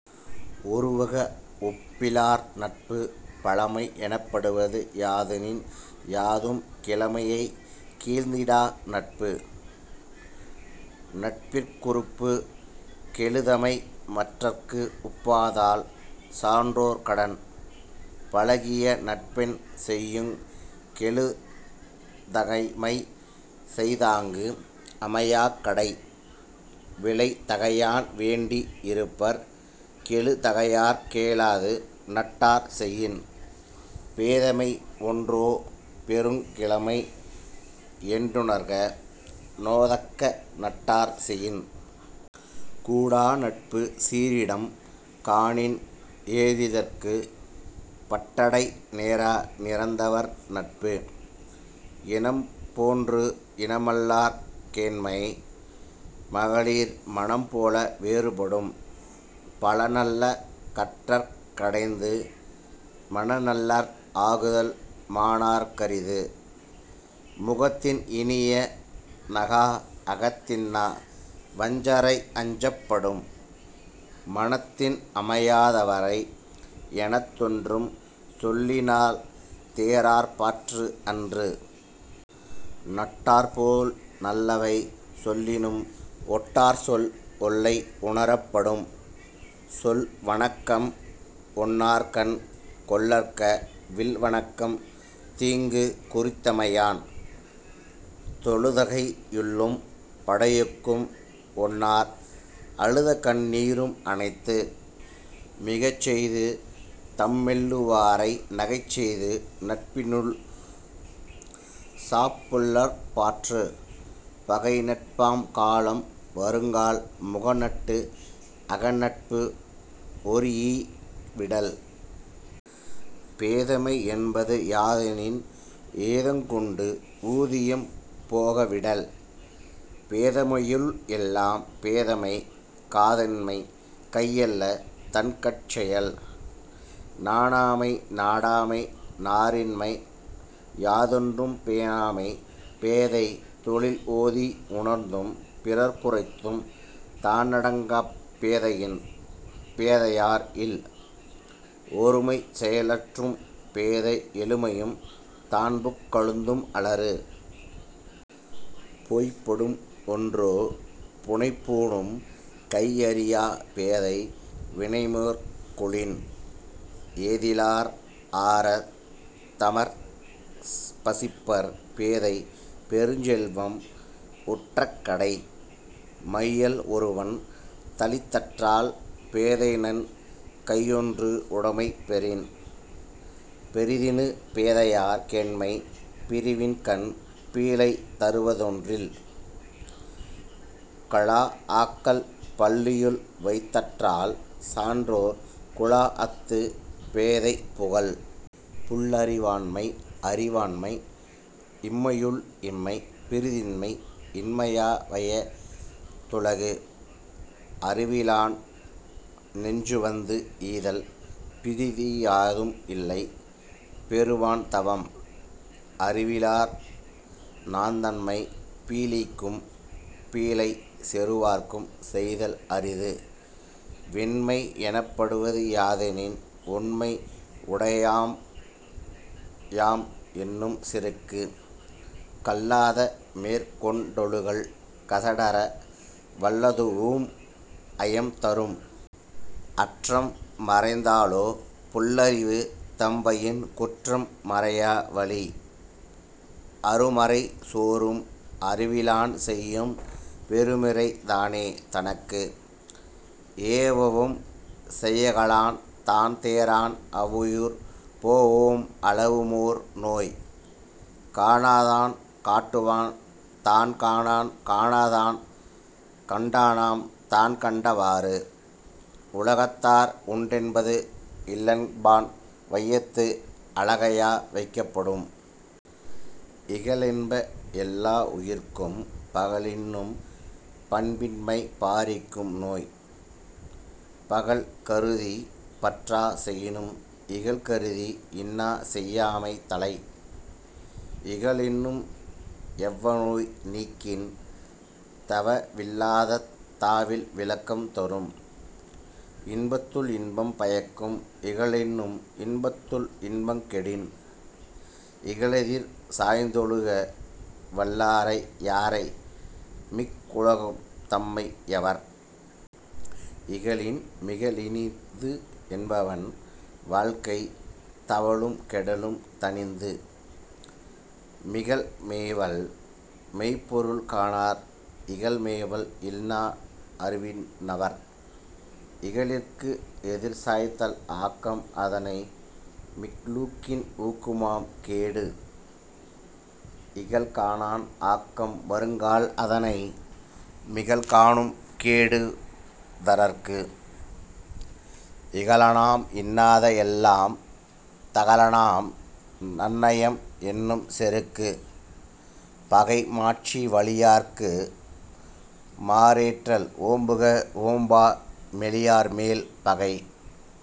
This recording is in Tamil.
ஒருவுக ஒப்பிலார் நட்பு. பழைமை எனப்படுவது யாதெனின் யாதும் கிழமையைக் கீழ்ந்திடா நட்பு. நட்பிற் குறுப்புக் கெழுதகைமை மற்றதற்கு உப்பாதல் சான்றோர் கடன். பழகிய நட்பெவன் செய்யுங் கெழுதகைமை செய்தாங்கு அமையாக் கடை. விழைதகையான் வேண்டி இருப்பர் கெழுதகையாற் கேளாது நட்டார் செயின். பேதைமை ஒன்றோ பெருங்கிழமை என்றுணர்க நோதக்க நட்டார் செயின். கூடாநட்பு சீரிடம் காணின் எறிதற்குப் பட் டடை நேரா நிரந்தவர் நட்பு. இனம்போன்று இனமல்லார் கேண்மை மகளிர் மனம்போல வேறு படும். பலநல்ல கற்றக் கடைந்து மனநல்லர் ஆகுதல் மாணார்க் கரிது. முகத்தின் இனிய நகாஅ அகத்தின்னா வஞ்சரை அஞ்சப் படும். மனத்தின் அமையா தவரை எனைத்தொன்றும் சொல்லினால் தேறற்பாற்று அன்று. நட்டார்போல் நல்லவை சொல்லினும் ஒட்டார்சொல் ஒல்லை உணரப் படும். சொல்வணக்கம் ஒன்னார்கண் கொள்ளற்க வில்வணக்கம் தீங்கு குறித்தமை யான். தொழுதகை யுள்ளும் படையொடுங்கும் ஒன்னார் அழுதகண் ணீரும் அனைத்து. மிகச்செய்து தம்மெள்ளு வாரை நகச்செய்து நட்பினுள் சாப்புல்லற் பாற்று. பகைநட்பாம் காலம் வருங்கால் முகநட்டு அகநட்பு ஒரீஇ விடல். பேதைமை என்பதொன்று யாதெனின் ஏதங்கொண்டு ஊதியம் போக விடல். பேதைமையுள் எல்லாம் பேதைமை காதன்மை கையல்ல தன்கட் செயல். நாணாமை நாடாமை நாரின்மை யாதொன்றும் பேணாமை பேதை தொழில் ஓதி உணர்ந்தும் பிறர் க்குரைத்தும் தானடங்காப் பேதையின் பேதையார் இல். ஒருமைச் செயலாற்றும் பேதை எழுமையும் தான்புக் கழுந்தும் அளறு. பொய்படும் ஒன்றோ புனைபூணும் கையறியாப் பேதை வினைமேற் கொளின். ஏதிலார் ஆரத் தமர்பசிப்பர் பேதை பெருஞ்செல்வம் உற்றக் கடை. மையல் ஒருவன் களித்தற்றால் பேதைதன் கையொன்று உடைமை பெறின். பெரிதினிது பேதையார் கேண்மை பிரிவின்கண் பீழை தருவதொன் றில். கழாஅக்கால் பள்ளியுள் வைத்தற்றால் சான்றோர் குழாஅத்துப் பேதை புகல். புல்லறிவாண்மை அறிவான்மை இன்மையுள் இன்மை பிறிதின்மை இன்மையா வையா துலகு. அறிவிலான் நெஞ்சுவந்து ஈதல் பிறிதியாதும் இல்லை பெறுவான் தவம். அறிவிலார் நாந்தம்மைப் பீழிக்கும் பீழை செறுவார்க்கும் செய்தல் அரிது. வெண்மை எனப்படுவ தியாதெனின் ஒண்மை உடையாம்யாம் என்னும் செருக்கு. கல்லாத மேற்கொண் டொழுகல் கசடற வல்லதூஉம் ஐயம் தரும். அற்றம் மறைத்தலோ புல்லறிவு தம்வயின் குற்றம் மறையா வழி. அருமறை சோரும் அறிவிலான் செய்யும் பெருமிறை தானே தனக்கு. ஏவவும் செய்கலான் தான்தேறான் அவ்வுயிர் போஒம் அளவுமோர் நோய். காணாதான் காட்டுவான் தான்காணான் காணாதான் கண்டானாம் தான்கண்ட வாறு. உலகத்தார் உண்டென்பது இல்லென்பான் வையத்து அலகையா வைக்கப் படும். இகலென்ப எல்லா உயிர்க்கும் பகலென்னும் பண்பின்மை பாரிக்கும் நோய். பகல்கருதிப் பற்றா செயினும் இகல்கருதி இன்னாசெய் யாமை தலை. இகலென்னும் எவ்வநோய் நீக்கின் தவலில்லாத் தாவில் விளக்கம் தரும். இன்பத்துள் இன்பம் பயக்கும் இகலென்னும் துன்பத்துள் துன்பங் கெடின். இகலெதிர் சாய்ந்தொழுக வல்லாரை யாரே மிக்லூக்கும் தன்மை யவர். இகலின் மிகலினிது என்பவன் வாழ்க்கை தவலும் கெடலும் தணிந்து. மிகல்மேவல் மெய்ப்பொருள் காணார் இகல்மேவல் இன்னா அறிவி னவர். இகலிற்கு எதிர்சாய்தல் ஆக்கம் அதனை மிக்லூக்கின் ஊக்குமாம் கேடு. இகல்காணான் ஆக்கம் வருங்கால் அதனை மிகல்காணும் கேடு தரற்கு. இகலானாம் இன்னாத எல்லாம் நகலானாம் நன்னயம் என்னும் செருக்கு. பகைமாட்சி வலியார்க்கு மாறேற்றல் ஓம்புக ஓம்பா மெலியார்மேல் பகை.।